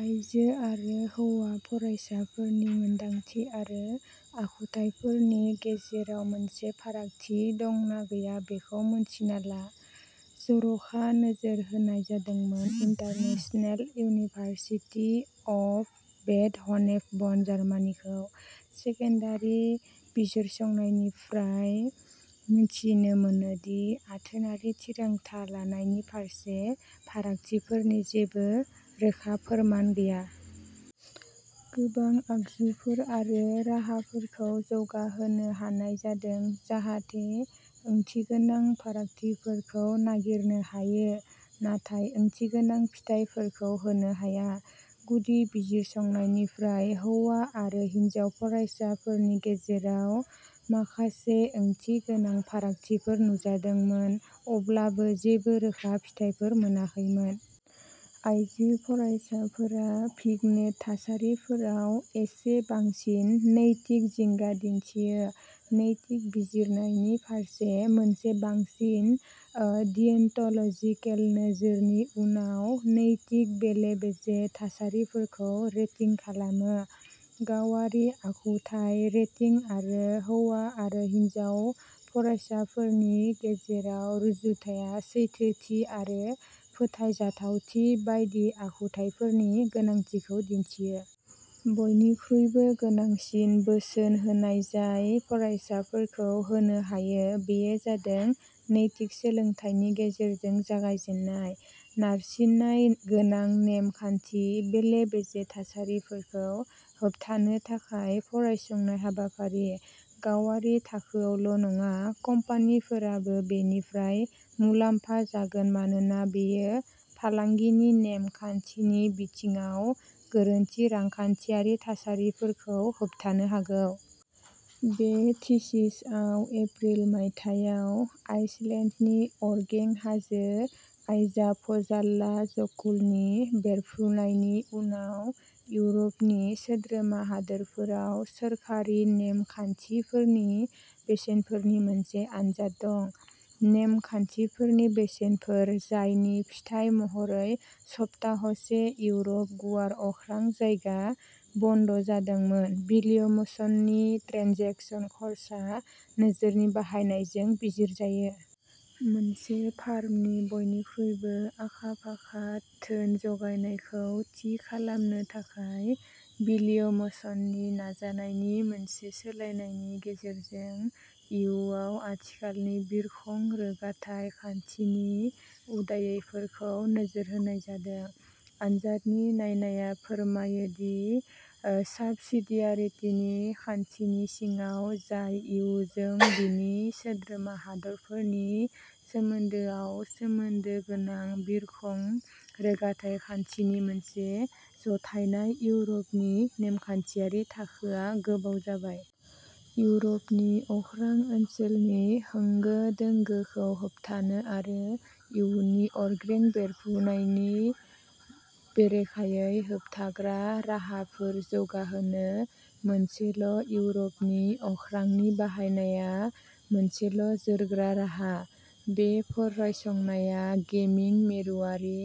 आइजो आरो हौवा फरायसाफोरनि मोनदांथि आरो आखुथायफोरनि गेजेराव मोनसे फारागथि दंना गैया बेखौ मिन्थिना ला। जर'खा नोजोर होनाय जादोंमोन international university of Bad Honnef Bonn, जार्मानिखौ। सेकेन्डारि बिजिरसंनायनिफ्राय मिथिनो मोनो दि आथोनारि थिरांथा लानायनि फारसे फारागथिफोरनि जेबो रोखा फोरमान गैया। गोबां आगजुफोर आरो राहाफोरखौ जौगा होनाय जादों, जाहाथे ओंथिगोनां फारागथिफोरखौ नागिरनो हायो, नाथाय ओंथिगोनां फिथाइफोरखौ होनो हाया। गुदि बिजिरसंनायनिफ्राय हौवा आरो हिनजाव फरायसाफोरनि गेजेराव माखासे ओंथिगोनां फारागथिफोर नुजादोंमोन, अब्लाबो जेबो रोखा फिथायफोर मोनाखैमोन। आइजो फरायसाफोरा भिग्नेट थासारिफोराव एसे बांसिन नैतिक जिंगा दिन्थियो, नैतिक बिजिरनायनि फारसे मोनसे बांसिन ओ डियन्ट'ल'जिकेल नोजोर नि उनाव नैतिक बेले-बेजे थासारिफोरखौ रेटिं खालामो। गावारि आखुथाय रेटिं आरो हौवा आरो हिनजाव फरायसाफोरनि गेजेराव रुजुथाया सैथोथि आरो फोथायजाथावथि बायदि आखुथायफोरनि गोनांथिखौ दिन्थियो। बयनिख्रुइ गोनांसिन बोसोन होनाय जाय फरायसाफोरखौ होनो हायो बेयो जादों नैतिक सोलोंथायनि गेजेरजों जागायजेन्नाय। नारसिननाय गोनां नेम खान्थि बेले-बेजे थासारिफोरखौ होबथानो थाखाय फरायसंनाय हाबाफारि। गावारि थाखोआवल' नङा, कम्पानिफोराबो बेनिफ्राय मुलाम्फा जागोन मानोना बेयो फालांगिनि नेम खान्थिनि बिथिङाव गोरोन्थि रांखान्थियारि थासारिफोरखौ होबथानो हागौ। बे थिसिसआव एप्रिल मायथाइयाव आइसलेन्डनि अरगें हाजो आइजाफजाल्लाजकुलनि बेरफ्रुनायनि उनाव इउर'पनि सोद्रोमा हादोरफोराव सोरखारि नेम खान्थिफोरनि बेसेनफोरनि मोनसे आनजाद दं। नेम खान्थिफोरनि बेसेनफोर, जायनि फिथाय महरै सप्ताहसे इउर'प गुवार अख्रां जायगा बन्द' जादोंमोन, विलियमसननि ट्रेन्जेकसन खर्सा नोजोरनि बाहायनायजों बिजिरजायो। मोनसे फार्मनि बयनिख्रुइबो आखा-फाखा धोन जगायनायखौ थि खालामनो थाखाय विलियमसननि नाजानायनि मोनसे सोलायनायनि गेजेरजों, इयुआव आथिखालनि बिरखं रोगाथाइ खान्थिनि उदायैफोरखौ नोजोर होनाय जादों। आनजाद नायनाया फोरमायो दि ओ साबसिडियारिटिनि खान्थिनि सिङाव, जाय इयुजों बिनि सोद्रोमा हादोरफोरनि सोमोन्दोआव सोमोन्दो गोनां, बिरखं रोगाथाइ खान्थिनि मोनसे जथायनाय इउर'पनि नेमखान्थियारि थाखोआ गोबाव जाबाय। इउर'पनि अख्रां ओनसोलनि होंगो-दोंगोखौ होबथानो आरो इयुननि अरगें बेरफ्रुनायनि बेरेखायै होबथाग्रा राहाफोर जौगाहोनो, मोनसेल'इउर'पनि अख्रांनि बाहायनाया मोनसेल' जोरग्रा राहा। बे फरायसंनाया गेमिं मिरुआरि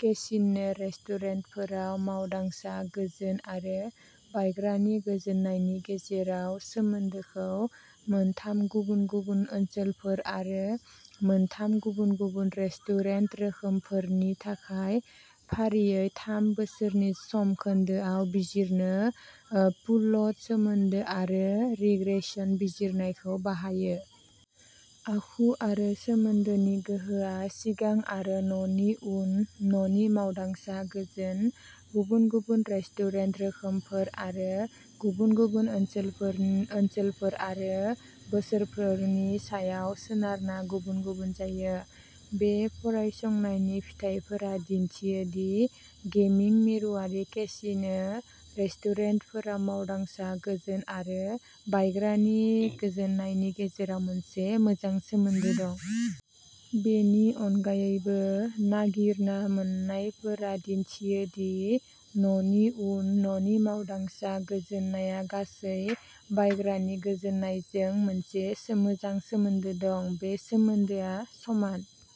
केसिनो रेस्टुरेन्टफोराव मावदांसा गोजोन आरो बायग्रानि गोजोननायनि गेजेराव सोमोन्दोखौ मोनथाम गुबुन-गुबुन ओनसोलफोर आरो मोनथाम गुबुन-गुबुन रेस्टुरेन्ट रोखोमफोर नि थाखाय फारियै थाम बोसोरनि समखोन्दोआव बिजिरनो ओ पुल्ड सोमोन्दो आरो रिग्रेसन बिजिरनायखौ बाहायो। आखु आरो सोमोन्दोनि गोहोआ सिगां आरो न'नि उन न'नि मावदांसा गोजोन, गुबुन-गुबुन रेस्टुरेन्ट रोखोमफोर, आरो गुबुन-गुबुन ओनसोलफो ओनसोलफोर आरो बोसोरफोरनि सायाव सोनारना गुबुन-गुबुन जायो। बे फरायसंनायनि फिथायफोरा दिन्थियो दि गेमिं मिरुआरि केसिनो रेस्टुरेन्टफोराव मावदांसा गोजोन आरो बायग्रानि गोजोननायनि गेजेराव मोनसे मोजां सोमोन्दो दं। बेनि अनगायैबो, नागिरना मोन्नायफोरा दिन्थियो दि न'नि उन न'नि मावदांसा गोजोननाया गासै बायग्रानि गोजोननायजों मोनसे सो मोजां सोमोन्दो दं। बे सोमोन्दोआ समान।